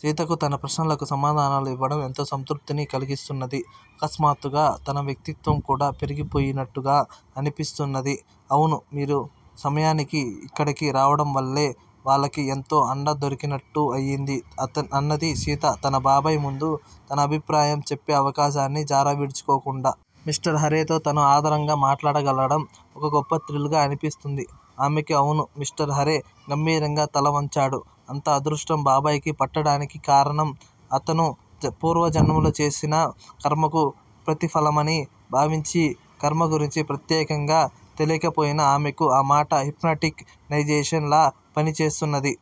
సీతకు తన ప్రశ్నలకు సమాధానాలు ఇవ్వడం ఎంతో సంతృప్తిని కలిగిస్తున్నది. అకస్మాత్తుగా తన వ్యక్తిత్వం కూడా పెరిగిపోయినట్టుగా అన్పించసాగింది. అవును! మీరు సమయానికి ఇక్కడకు రావడంవల్లే వాళ్ళకు ఎంతో అండదొరికినట్టు అయింది. అన్నది సీత తన బాబాయి ముందు తన అభిప్రాయం చెప్పే అవకాశాన్ని జారవిడుచుకోకుండా. మిస్టర్ హారేతో తను ఆధరంగా మాట్లాడగలగడం ఓ గొప్ప థ్రిల్ గా అనిపిస్తోంది ఆమెకు. అవును! మిస్టర్ హారే గంభీరంగా తలవంచాడు. ఇంత అదృష్టం బాబాయికి పట్టడానికి కారణం అతను పూర్వజన్మలో చేసిన కర్మకు ప్రతిఫలమని భావించింది. కర్మ గురించి ప్రత్యేకంగా తెలియకపోయినా ఆమెకు ఆ మాట హిప్నటిక్ నైజేషన్ లా పనిచేస్తున్నది.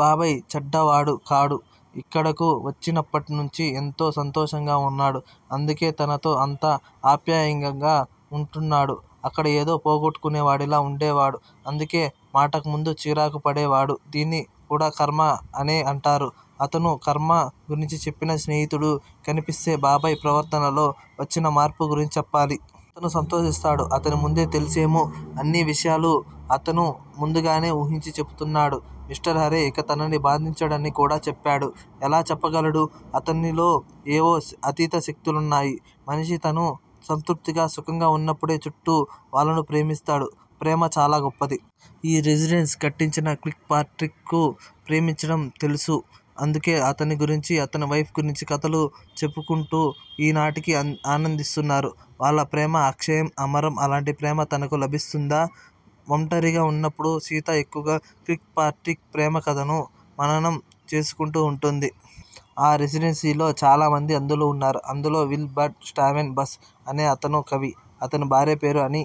బాబాయ్ చెడ్డవాడు కాడు. ఇక్కడకు వచ్చినప్పటినుంచి ఎంతో సంతోషంగా వున్నాడు. అందుకే తనతో అంత ఆప్యాయంగా వుంటున్నాడు. అక్కడ ఏదో పోగొట్టుకున్నవాడిలా వుండేవాడు. అందుకే మాటకుముందు చిరాకు పడేవాడు. దీన్ని కూడా కర్మ అనే అంటారు. అతను అదే కర్మ గురించి చెప్పిన స్నేహితుడు కన్పిస్తే బాబాయి ప్రవర్తనలో వచ్చిన మార్పు గురించి చెప్పాలి. అతను సంతోషిస్తాడు. అతనికి ముందే తెలుసేమో! అన్ని విషయాలు అతను ముందుగానే ఊహించి చెబుతున్నాడుగా. మిస్టర్ హారే ఇక తనని బాధించడని కూడా చెప్పాడు. ఎలా చెప్పగలడు? అతనిలో ఏవో అతీత శక్తులున్నాయి. మనిషి తను సంతృప్తిగా, సుఖంగా ఉన్నప్పుడే చుట్టూ వాళ్ళను ప్రేమిస్తాడు. ప్రేమ చాలా గొప్పది. ఈ రెసిడెన్సీని కట్టించిన కిర్క్ పాట్రిక్ కు ప్రేమించడం తెలుసు. అందుకే అతని గురించీ, అతని వైఫ్ గురించి కథలు చెప్పుకుంటూ ఈనాటికీ ఆనందిస్తున్నారు. వాళ్ళ ప్రేమ అక్షయం, అమరం. అలాంటి ప్రేమ తనకు లభిస్తుందా? వంటరిగా ఉన్నప్పుడు సీత ఎక్కువగా కిర్క్ పాట్రిక్ ప్రేమకథను మననం చేసుకుంటూ వుంటుంది. ఆ రెసిడెన్సీలో చాలామంది అంధులు వున్నారు. అందులో విలబర్డ్ స్కావెన్ బస్ అనే అతను కవి. అతని భార్య పేరు అనీ.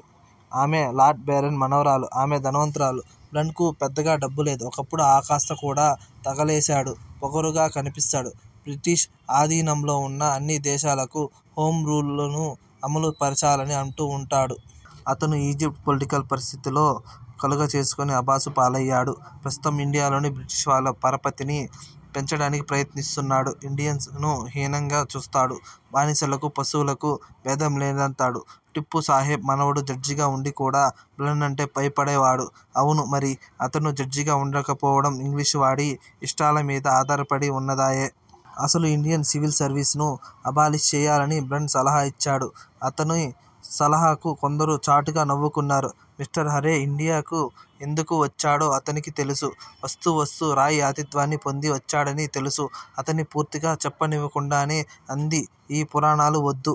ఆమె లార్డు బెరన్ మనుమరాలు. ఆమె ధనవంతురాలు. బ్లన్ కు పెద్దగా డబ్బులేదు. ఒకప్పుడున్న ఆకాస్త కూడా తగలేశాడు. పొగరుగా కన్పిస్తాడు. బ్రిటిష్ ఆధీనంలో వున్న అన్ని దేశాలకూ హోంరూలును అమలు పరచాలని అంటూ వుంటాడు. అతను ఈజిప్టు పొలిటికల్ పరిస్థితుల్లో కలుగజేసుకొని అభాసుపాలయ్యాడు. ప్రస్తుతం ఇండియాలో బ్రిటిష్ వాళ్ళ పరపతిని పెంచటానికి ప్రయత్నిస్తున్నాడు. ఇండియన్స్ ను హీనంగా చూస్తాడు. బానిసలకూ పశువులకూ భేదం లేదంటాడు. టీపూ సాహెబ్ మనుమడు జడ్జిగా వుండి కూడా బ్లన్ అంటే భయపడేవాడు. అవును! మరి! అతను జడ్జిగా వుండకపోవటం ఇంగ్లీషువాడి ఇష్టాల మీద ఆధారపడి వున్నదాయె! అసలు ఇండియన్ సివిల్ సర్వీసును అబాలిష్ చెయ్యాలని బ్లన్ సలహా ఇచ్చాడు. అతని సలహాకు కొందరు చాటుగా నవ్వుకున్నారు. మిస్టర్ హారే ఇండియాకు ఎందుకు వచ్చాడో అతనికి తెలుసు. వస్తూవస్తూ రాయ్ ఆతిథ్యాన్ని పొంది వచ్చాడని తెలుసు. అతన్ని పూర్తిగా చెప్పనివ్వకుండానే అంది. ఈ పురాణాలు వద్దు.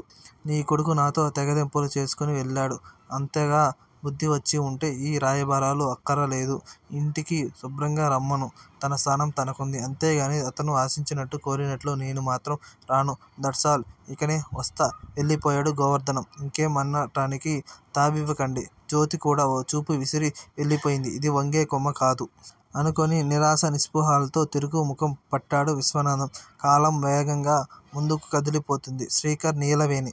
నీ కొడుకు నాతో తెగతెంపులు చేసుకుని వెళ్ళాడు. అంతగా బుద్ధి వచ్చివుంటే యీ రాయబారాలు అక్కరలేదు. ఇంటికి శుభ్రంగా రమ్మను. తన స్థానం తనకుంది. అంతేగానీ అతను ఆశించినట్టు కోరినట్టు నేను మాత్రం రాను! దట్సాల్! యికనే వస్తా? వెళ్ళిపోయాడు గోవర్ధనం ఇంకేం అనటానికీ తావివ్వకుండా జ్యోతికూడా ఓ చూపు విసిరి వెళ్ళిపోయింది ఇది వంగేకొమ్మ కాదు! అనుకుని నిరాశా నిస్పృహలతో తిరుగు ముఖంపట్టాడు విశ్వనాథం. కాలం వేగంగా ముందుకు కదలిపోతోంది. శ్రీకర్ నీలవేణి